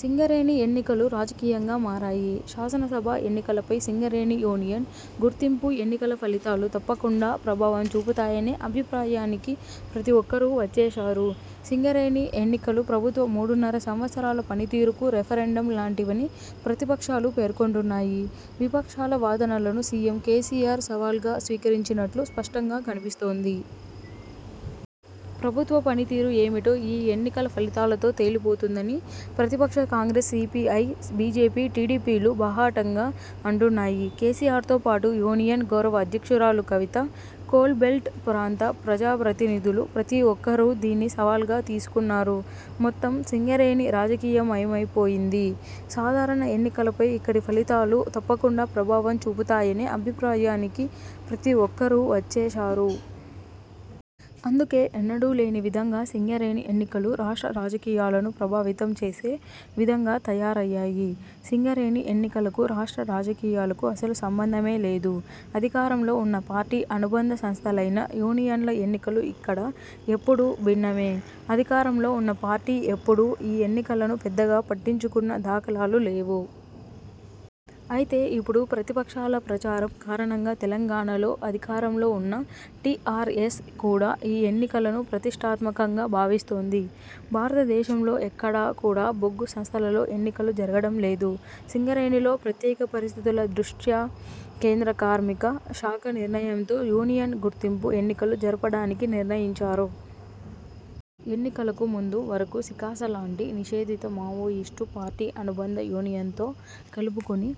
సింగరేణి ఎన్నికలు రాజకీయంగా మారాయి. శాసనసభా ఎన్నికలపై సింగరేణి యూనియన్ గుర్తింపు ఎన్నికల ఫలితాలు తప్పకుండా ప్రభావం చూపుతాయనే అభిప్రాయానికి ప్రతిఒక్కరూ వచ్చేశారు. సింగరేణి ఎన్నికలు ప్రభుత్వ మూడున్నర సంవత్సరాల పనితీరుకు రెఫరెండం లాంటివని ప్రతిపక్షాలు పేర్కొంటున్నాయి. విపక్షాల వాదనలను సీఎం కేసీఆర్ సవాల్‌గా స్వీకరించినట్లు స్పష్టంగా కనిపిస్తోంది. ప్రభుత్వ పనితీరు ఏమిటో ఈ ఎన్నికల ఫలితాలతో తేలిపోతుందని ప్రతిపక్ష కాంగ్రెస్, సీపీఐ, బీజేపీ, టీడీపీలు బాహాటంగా అంటున్నాయి. కేసీఆర్‌తో పాటు యూనియన్ గౌరవ అధ్యక్షురాలు కవిత, కోల్‌బెల్ట్ ప్రాంత ప్రజాప్రతినిధులు ప్రతీ ఒక్కరూ దీన్ని సవాల్‌గా తీసుకున్నారు. మొత్తం సింగరేణి రాజకీయమయమైపోయింది. సాధారణ ఎన్నికలపై ఇక్కడి ఫలితాలు తప్పకుండా ప్రభావం చూపుతాయనే అభిప్రాయానికి ప్రతి ఒక్కరూ వచ్చేశారు. అందుకే ఎన్నడూ లేని విధంగా సింగరేణి ఎన్నికలు రాష్ట్ర రాజకీయాలను ప్రభావితం చేసే విధంగా తయారయ్యాయి. సింగరేణి ఎన్నికలకు రాష్ట్ర రాజకీయాలకు అసలు సంబంధమే లేదు. అధికారంలో ఉన్న పార్టీ అనుబంధ సంస్థలైన యూనియన్ల ఎన్నికలు ఇక్కడ ఎప్పుడూ భిన్నమే. అధికారంలో ఉన్న పార్టీ ఎప్పుడూ ఈ ఎన్నికలను పెద్దగా పట్టించుకున్న దాఖలాలు లేవు. అయితే ఇప్పుడు ప్రతిపక్షాల ప్రచారం కారణంగా తెలంగాణలో అధికారంలో ఉన్న టీఆర్ఎస్ కూడా ఈ ఎన్నికలను ప్రతిష్ఠాత్మకంగా భావిస్తోంది. భారతదేశంలో ఎక్కడా కూడా బొగ్గు సంస్థలలో ఎన్నికలు జరగడం లేదు. సింగరేణిలో ప్రత్యేక పరిస్థితుల దృష్ట్యా కేంద్ర కార్మిక శాఖ నిర్ణయంతో యూనియన్ గుర్తింపు ఎన్నికలు జరపడానికి నిర్ణయించారు. ఎన్నికలకు ముందు వరకు సికాస లాంటి నిషేధిత మావోయిస్టు పార్టీ అనుబంధ యూనియన్‌తో కలుపుకుని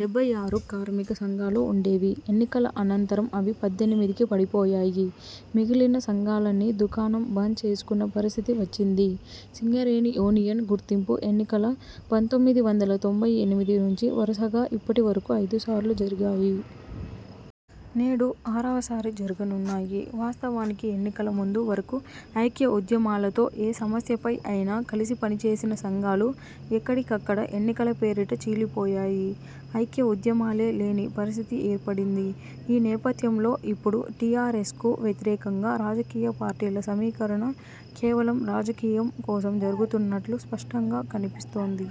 డెబ్బై ఆరు కార్మిక సంఘాలు ఉండేవి. ఎన్నికల అనంతరం అవి పద్దెనిమిదికి పడిపోయాయి. మిగిలిన సంఘాలన్నీ దుకాణం బంద్ చేసుకున్న పరిస్థితి వచ్చింది. సింగరేణి యూనియన్ గుర్తింపు ఎన్నికల పంతొమ్మిది వందల తొంభై ఎనిమిది నుంచి వరుసగా ఇప్పటి వరకు ఐదుసార్లు జరిగాయి. నేడు ఆరవసారి జరుగనున్నాయి. వాస్తవానికి ఎన్నికల ముందు వరకు ఐక్య ఉద్యమాలతో ఏ సమస్యపై అయినా కలిసి పనిచేసిన సంఘాలు ఎక్కడికక్కడ ఎన్నికల పేరిట చీలిపోయాయి. ఐక్య ఉద్యమాలే లేని పరిస్థితి ఏర్పడింది. ఈ నేపథ్యంలో ఇప్పుడు టీఆర్ఎస్‌కు వ్యతిరేకంగా రాజకీయ పార్టీల సమీకరణ కేవలం రాజకీయం కోసం జరుగుతున్నట్లు స్పష్టంగా కనిపిస్తోంది.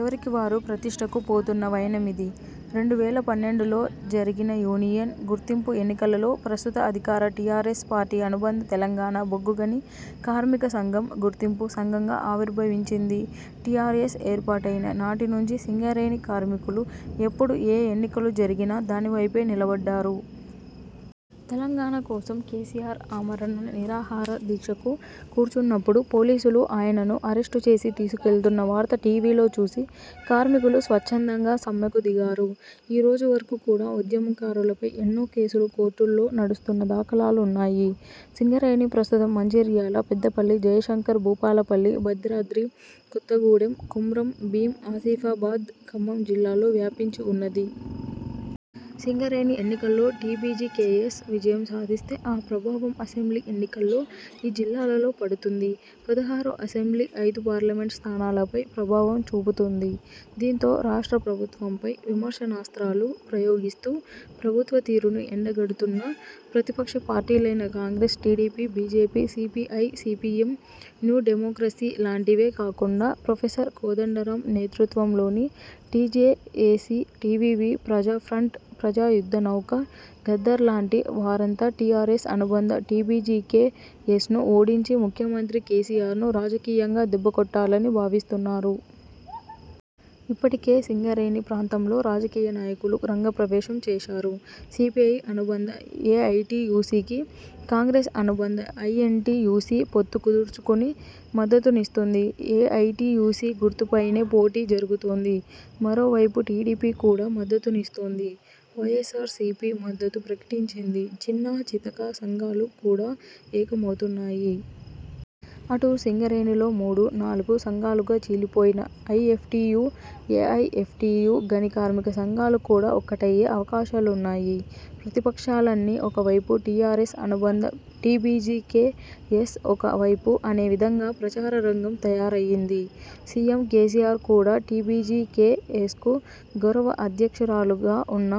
ఎవరికి వారు ప్రతిష్ఠకు పోతున్న వైనమిది. రెండు వేల పన్నెండులో జరిగిన యూనియన్ గుర్తింపు ఎన్నికలలో ప్రస్తుత అధికార టీఆర్ఎస్ పార్టీ అనుబంధ తెలంగాణ బొగ్గుగని కార్మిక సంఘం గుర్తింపు సంఘంగా ఆవిర్భవించింది. టీఆర్ఎస్ ఏర్పాటయిన నాటి నుంచి సింగరేణి కార్మికులు ఎప్పుడు ఏ ఎన్నికలు జరిగినా దానివైపే నిలబడ్డారు. తెలంగాణ కోసం కేసీఆర్ ఆమరణ నిరాహార దీక్షకు కూర్చున్నపుడు పోలీసులు ఆయనను అరెస్టు చేసి తీసుకెళ్తున్న వార్త టీవీలో చూసి కార్మికులు స్వచ్ఛందంగా సమ్మెకు దిగారు. ఈరోజు వరకు కూడా ఉద్యమకారులపై ఎన్నో కేసులు కోర్టుల్లో నడుస్తున్న దాఖలాలున్నాయి. సింగరేణి ప్రస్తుతం మంచిర్యాల, పెద్దపల్లి, జయశంకర్ భూపాలపల్లి, భద్రాద్రి కొత్తగూడెం, కుమ్రం భీం ఆసిఫాబాద్, ఖమ్మం జిల్లాల్లో వ్యాపించి ఉన్నది. సింగరేణి ఎన్నికల్లో టీబీజీకేఎస్ విజయం సాధిస్తే ఆ ప్రభావం అసెంబ్లీ ఎన్నికల్లో ఈ జిల్లాలలో పడుతుంది. పదహారు అసెంబ్లీ, ఐదు పార్లమెంట్ స్థానాలపై ప్రభావం చూపుతుంది. దీంతో రాష్ట్ర ప్రభుత్వంపై విమర్శనాస్త్రాలు ప్రయోగిస్తూ ప్రభుత్వ తీరును ఎండగడుతున్న ప్రతిపక్ష పార్టీలైన Congress, TDP, BJP, CPI, CPM, New Democracy లాంటివే కాకుండా ప్రొఫెసర్ కోదండరాం నేతృత్వంలోని టీజేఏసీ, టీవీవీ, ప్రజాఫ్రంట్, ప్రజాయుద్ధనౌక గద్దర్ లాంటి వారంతా టీఆర్ఎస్ అనుబంధ టీబీజీకేఎస్‌ను ఓడించి ముఖ్యమంత్రి కేసీఆర్‌ను రాజకీయంగా దెబ్బకొట్టాలని భావిస్తున్నారు. ఇప్పటికే సింగరేణి ప్రాంతంలో రాజకీయ నాయకులు రంగ ప్రవేశం చేశారు. సీపీఐ అనుబంధ ఏఐటీయూసీకి, కాంగ్రెస్ అనుబంధ ఐఎన్టీయూసీ పొత్తు కుదుర్చుకుని మద్దతునిస్తుంది. ఏఐటీయూసీ గుర్తుపైనే పోటీ జరుగుతోంది. మరోవైపు టీడీపీ కూడా మద్దతునిస్తోంది. వైఎస్సార్సీపీ మద్దతు ప్రకటించింది. చిన్నా చితకా సంఘాలు కూడా ఏకమవుతున్నాయి. అటు సింగరేణిలో మూడు, నాలుగు సంఘాలుగా చీలిపోయిన ఐఎఫ్టీయూ, ఏఐఎఫ్టీయూ, గని కార్మిక సంఘాలు కూడా ఒక్కటయ్యే అవకాశాలున్నాయి. ప్రతిపక్షాలన్నీ ఒకవైపు, టీఆర్ఎస్ అనుబంధ టీబీజీకేఎస్ ఒక వైపు అనే విధంగా ప్రచారరంగం తయారయ్యింది. సీఎం కేసీఆర్ కూడా టీబీజీకేఎస్‌కు గౌరవ అధ్యక్షురాలుగా ఉన్న